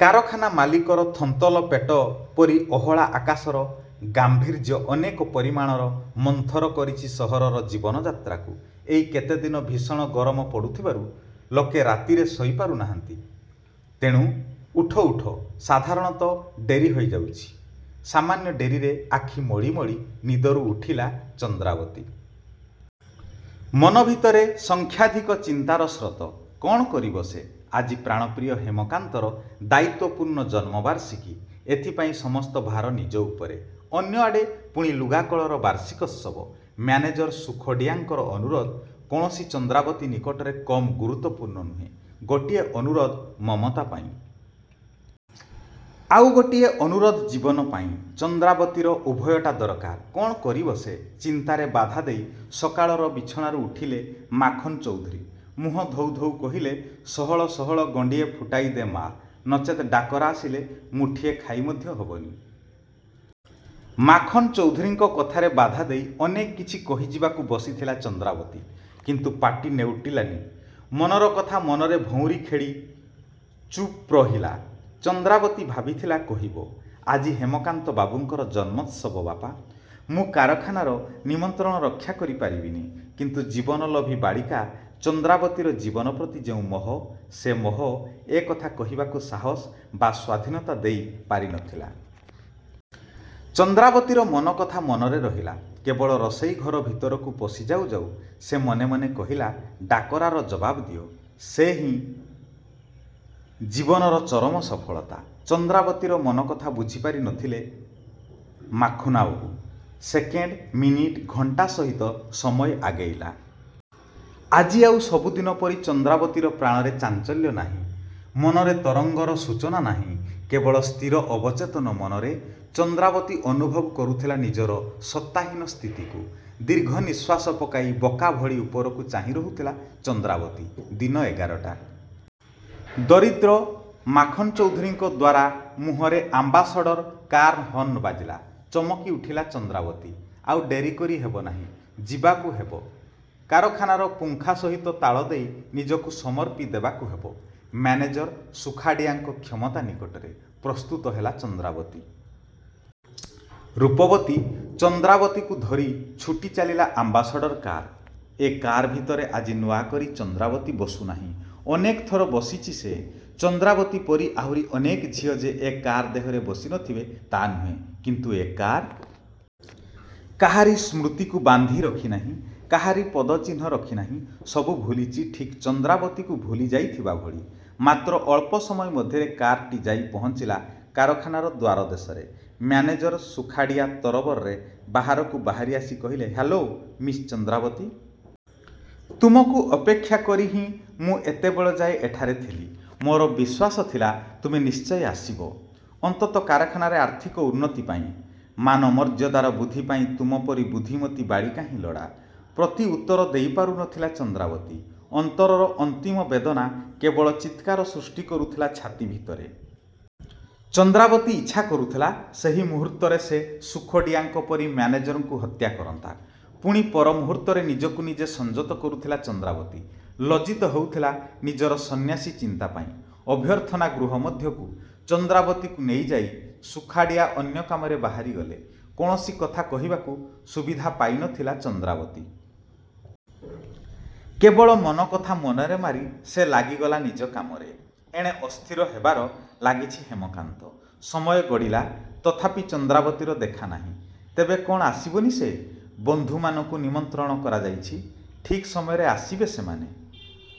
କାରଖାନା ମାଲିକର ଥନ୍ତଲ ପେଟପରି ଓହଳା ଆକାଶର ଗାମ୍ଭୀର୍ଯ୍ୟ ଅନେକ ପରିମାଣରେ ମନ୍ଥର କରିଛି ସହରର ଜୀବନ ଯାତ୍ରାକୁ। ଏଇ କେତେଦିନ ଭୀଷଣ ଗରମ ପଡ଼ୁଥିବାରୁ ଲୋକେ ରାତିରେ ଶୋଇପାରୁ ନାହାଁନ୍ତି-ତେଣୁ ଉଠ ଉଠ ସାଧାରଣତଃ ଡେରି ହୋଇଯାଉଛି। ସାମାନ୍ୟ ଡେରିରେ ଆଖି ମଳି ମଳି ନିଦରୁ ଉଠିଲା ଚନ୍ଦ୍ରାବତୀ। ମନଭିତରେ ସଂଖ୍ୟାଧିକ ଚିନ୍ତାର ସ୍ରୋତ। କ'ଣ କରିବ ସେ। ଆଜି ପ୍ରାଣପ୍ରିୟ ହେମକାନ୍ତର ଦାୟିତ୍ୱପୂର୍ଣ୍ଣ ଜନ୍ମବାର୍ଷିକୀ। ଏଥିପାଇଁ ସମସ୍ତ ଭାର ନିଜ ଉପରେ। ଅନ୍ୟଆଡ଼େ ପୁଣି ଲୁଗାକଳର ବାର୍ଷିକୋତ୍ସବ, ମ୍ୟାନେଜର ସୁଖଡ଼ିଆଙ୍କର ଅନୁରୋଧ। କୌଣସି ଚନ୍ଦ୍ରାବତୀ ନିକଟରେ କମ୍ ଗୁରୁତ୍ୱପୂର୍ଣ୍ଣ ନୁହେଁ। ଗୋଟିଏ ଅନୁରୋଧ ମମତା ପାଇଁ.. ଆଉ ଗୋଟିଏ ଅନୁରୋଧ ଜୀବନ ପାଇଁ। ଚନ୍ଦ୍ରାବତୀର ଉଭୟଟା ଦରକାର। କ'ଣ କରିବ ସେ..? ଚିନ୍ତାରେ ବାଧା ଦେଇ ସକାଳର ବିଛଣାରୁ ଉଠିଲେ ମାଖନ୍ ଚୌଧୁରୀ। ମୁହଁ ଧୋଉ ଧୋଉ କହିଲେ-''ସହଳ ସହଳ ଗଣ୍ଡିଏ ଫୁଟାଇ ଦେ ମା! ନଚେତ୍ ଡାକରା ଆସିଲେ ମୁଠିଏ ଖାଇ ମଧ୍ୟ ହେବନି। '' ମାଖନ୍ ଚୌଧୁରୀଙ୍କ କଥାରେ ବାଧାଦେଇ ଅନେକ କିଛି କହିଯିବାକୁ ବସିଥିଲା ଚନ୍ଦ୍ରାବତୀ-କିନ୍ତୁ ପାଟି ନେଉଟିଲା ନି ମନର କଥା ମନରେ ଭଉଁରୀ ଖେଳି ଚୁପ୍ରହିଲା। ଚନ୍ଦ୍ରାବତୀ ଭାବିଥିଲା କହିବ-ଆଜି ହେମକାନ୍ତ ବାବୁଙ୍କର ଜନ୍ମୋତ୍ସବ ବାପା! ମୁଁ କାରଖାନାର ନିମନ୍ତ୍ରଣ ରକ୍ଷା କରି ପାରିବନି। କିନ୍ତୁ ଜୀବନଲୋଭୀ ବାଳିକା ଚନ୍ଦ୍ରାବତୀର ଜୀବନ ପ୍ରତି ଯେଉଁ ମୋହ, ସେ ମୋହ-ଏ କଥା କହିବାକୁ ସାହସ ବା ସ୍ୱାଧୀନତା ଦେଇ ପାରି ନ ଥିଲା। ଚନ୍ଦ୍ରାବତୀର ମନ କଥା ମନରେ ରହିଲା। କେବଳ ରୋଷେଇ ଘର ଭିତରକୁ ପଶି ଯାଉ ଯାଉ ସେ ମନେ ମନେ କହିଲା-ଡାକରାର ଜବାବ ଦିଅ। ସେହି ହିଁ ଜୀବନର ଚରମ ସଫଳତା। ଚନ୍ଦ୍ରାବତୀର ମନ କଥା ବୁଝିପାରି ନ ଥିଲେ ମାଖନ୍ବାବୁ। ସେକେଣ୍ଡ, ମିନିଟ୍, ଘଣ୍ଟା ସହିତ ସମୟ ଆଗେଇଲା। ଆଜି ଆଉ ସବୁଦିନ ପରି ଚନ୍ଦ୍ରାବତୀର ପ୍ରାଣରେ ଚାଞ୍ଚଲ୍ୟ ନାହିଁ। ମନରେ ତରଙ୍ଗର ସୂଚନା ନାହିଁ। କେବଳ ସ୍ଥିର ଅବଚେତନ ମନରେ ଚନ୍ଦ୍ରାବତୀ ଅନୁଭବ କରୁଥିଲା ନିଜର ସତ୍ତାହୀନ ସ୍ଥିତିକୁ। ଦୀର୍ଘ ନିଃଶ୍ୱାସ ପକାଇ ବୋକା ଭଳି ଉପରକୁ ଚାହିଁ ରହୁଥିଲା ଚନ୍ଦ୍ରାବତୀ। ଦିନ ଏଗାରଟା ଦରିଦ୍ର ମାଖନ୍ଚୌଧୁରୀଙ୍କ ଦ୍ୱାରା ମୁହଁରେ ଆମ୍ବାସଡ଼ର କାର୍ର ହର୍ଣ୍ଣ ବାଜିଲା। ଚମକି ଉଠିଲା ଚନ୍ଦ୍ରାବତୀ। ଆଉ ଡେରି କରି ହେବ ନାହିଁ, ଯିବାକୁ ହେବ। କାରାଖାନାର ପୁଙ୍ଗା ସହିତ ତାଳ ଦେଇ ନିଜକୁ ସମର୍ପି ଦେବାକୁ ହେବ ମ୍ୟାନେଜର ସୁଖାଡ଼ିଆଙ୍କ କ୍ଷମତା ନିକଟରେ। ପ୍ରସ୍ତୁତ ହେଲା ଚନ୍ଦ୍ରାବତୀ ରୂପବତୀ। ଚନ୍ଦ୍ରାବତୀକୁ ଧରି ଛୁଟିଚାଲିଲା ଆମ୍ବାସଡ଼ର କାର୍। ଏ କାର୍ଭିତରେ ଆଜି ନୂଆକରି ଚନ୍ଦ୍ରାବତୀ ବସୁନାହିଁ। ଅନେକ ଥର ବସିଛି ସେ। ଚନ୍ଦ୍ରାବତୀ ପରି ଆହୁରି ଅନେକ ଝିଅ ଯେ ଏ କାର ଦେହରେ ବସି ନ ଥିବେ ତା ନୁହେଁ। କିନ୍ତୁ ଏ କାର୍..। କାହାରି ସ୍ମୃତିକୁ ବାନ୍ଧି ରଖିନାହିଁ। କାହାରି ପଦଚିହ୍ନ ରଖିନାହିଁ। ସବୁ ଭୁଲିଛି, ଠିକ୍ ଚନ୍ଦ୍ରାବତୀକୁ ଭୁଲି ଯାଇଥିବା ଭଳି। ମାତ୍ର ଅଳ୍ପ ସମୟ ମଧ୍ୟରେ କାର୍ଟି ଯାଇ ପହଞ୍ଚିଲା କାରଖାନାର ଦ୍ୱାର ଦେଶରେ। ମ୍ୟାନେଜର ସୁଖାଡ଼ିଆ ତରବରରେ ବାହାରକୁ ବାହାରି ଆସି କହିଲେ-''ହ୍ୟାଲୋ ମିସ୍ ଚନ୍ଦ୍ରାବତୀ-! ତୁମକୁ ଅପେକ୍ଷା କରି ହିଁ ମୁଁ ଏତେବେଳଯାଏ ଏଠାରେ ଥିଲି। ମୋର ବିଶ୍ୱାସ ଥିଲା ତୁମେ ନିଶ୍ଚୟ ଆସିବ। ଅନ୍ତତ୍ କାରଖାନାର ଆର୍ଥିକ ଉନ୍ନତି ପାଇଁ ମାନ ମର୍ଯ୍ୟାଦାର ବୃଦ୍ଧି ପାଇଁ ତୁମପରି ବୁଦ୍ଧିମତୀ ବାଳିକା ହିଁ ଲୋଡ଼ା। '' ପ୍ରତି ଉତ୍ତର ଦେଇପାରୁ ନ ଥିଲା ଚନ୍ଦ୍ରାବତୀ ଅନ୍ତରର ଅନ୍ତିମ ବେଦନା କେବଳ ଚିତ୍କାର ସୃଷ୍ଟି କରୁଥିଲା ଛାତି ଭିତରେ। ଚନ୍ଦ୍ରାବତୀ ଇଚ୍ଛା କରୁଥିଲା-ସେହି ମୁହୂର୍ତ୍ତରେ ସେ ସୁଖଡ଼ିଆଙ୍କ ପରି ମ୍ୟାନେଜରଙ୍କୁ ହତ୍ୟା କରନ୍ତା। ପୁଣି ପରମୁହୂର୍ତ୍ତରେ ନିଜକୁ ନିଜେ ସଂଯତ କରୁଥିଲା ଚନ୍ଦ୍ରାବତୀ। ଲଜ୍ଜିତ ହେଉଥିଲା ନିଜର ସନ୍ନାସୀ ଚିନ୍ତାପାଇଁ। ଅଭ୍ୟର୍ଥନା ଗୃହ ମଧ୍ୟକୁ ଚନ୍ଦ୍ରାବତୀକୁ ନେଇଯାଇ ସୁଖାଡ଼ିଆ ଅନ୍ୟ କାମରେ ବାହାରିଗଲେ। କୌଣସି କଥା କହିବାକୁ ସୁବିଧା ପାଇ ନ ଥିଲା ଚନ୍ଦ୍ରାବତୀ। କେବଳ ମନ କଥା ମନରେ ମାରି ସେ ଲାଗିଗଲା ନିଜ କାମରେ- ଏଣେ ଅସ୍ଥିର ହେବାର ଲାଗିଛି ହେମକାନ୍ତ। ସମୟ ଗଡ଼ିଲା, ତଥାପି ଚନ୍ଦ୍ରାବତୀର ଦେଖାନାହିଁ। ତେବେ କ'ଣ ଆସିବନି ସେ? ବନ୍ଧୁମାନଙ୍କୁ ନିମନ୍ତ୍ରଣ କରାଯାଇଛି, ଠିକ୍ ସମୟରେ ଆସିବେ ସେମାନେ।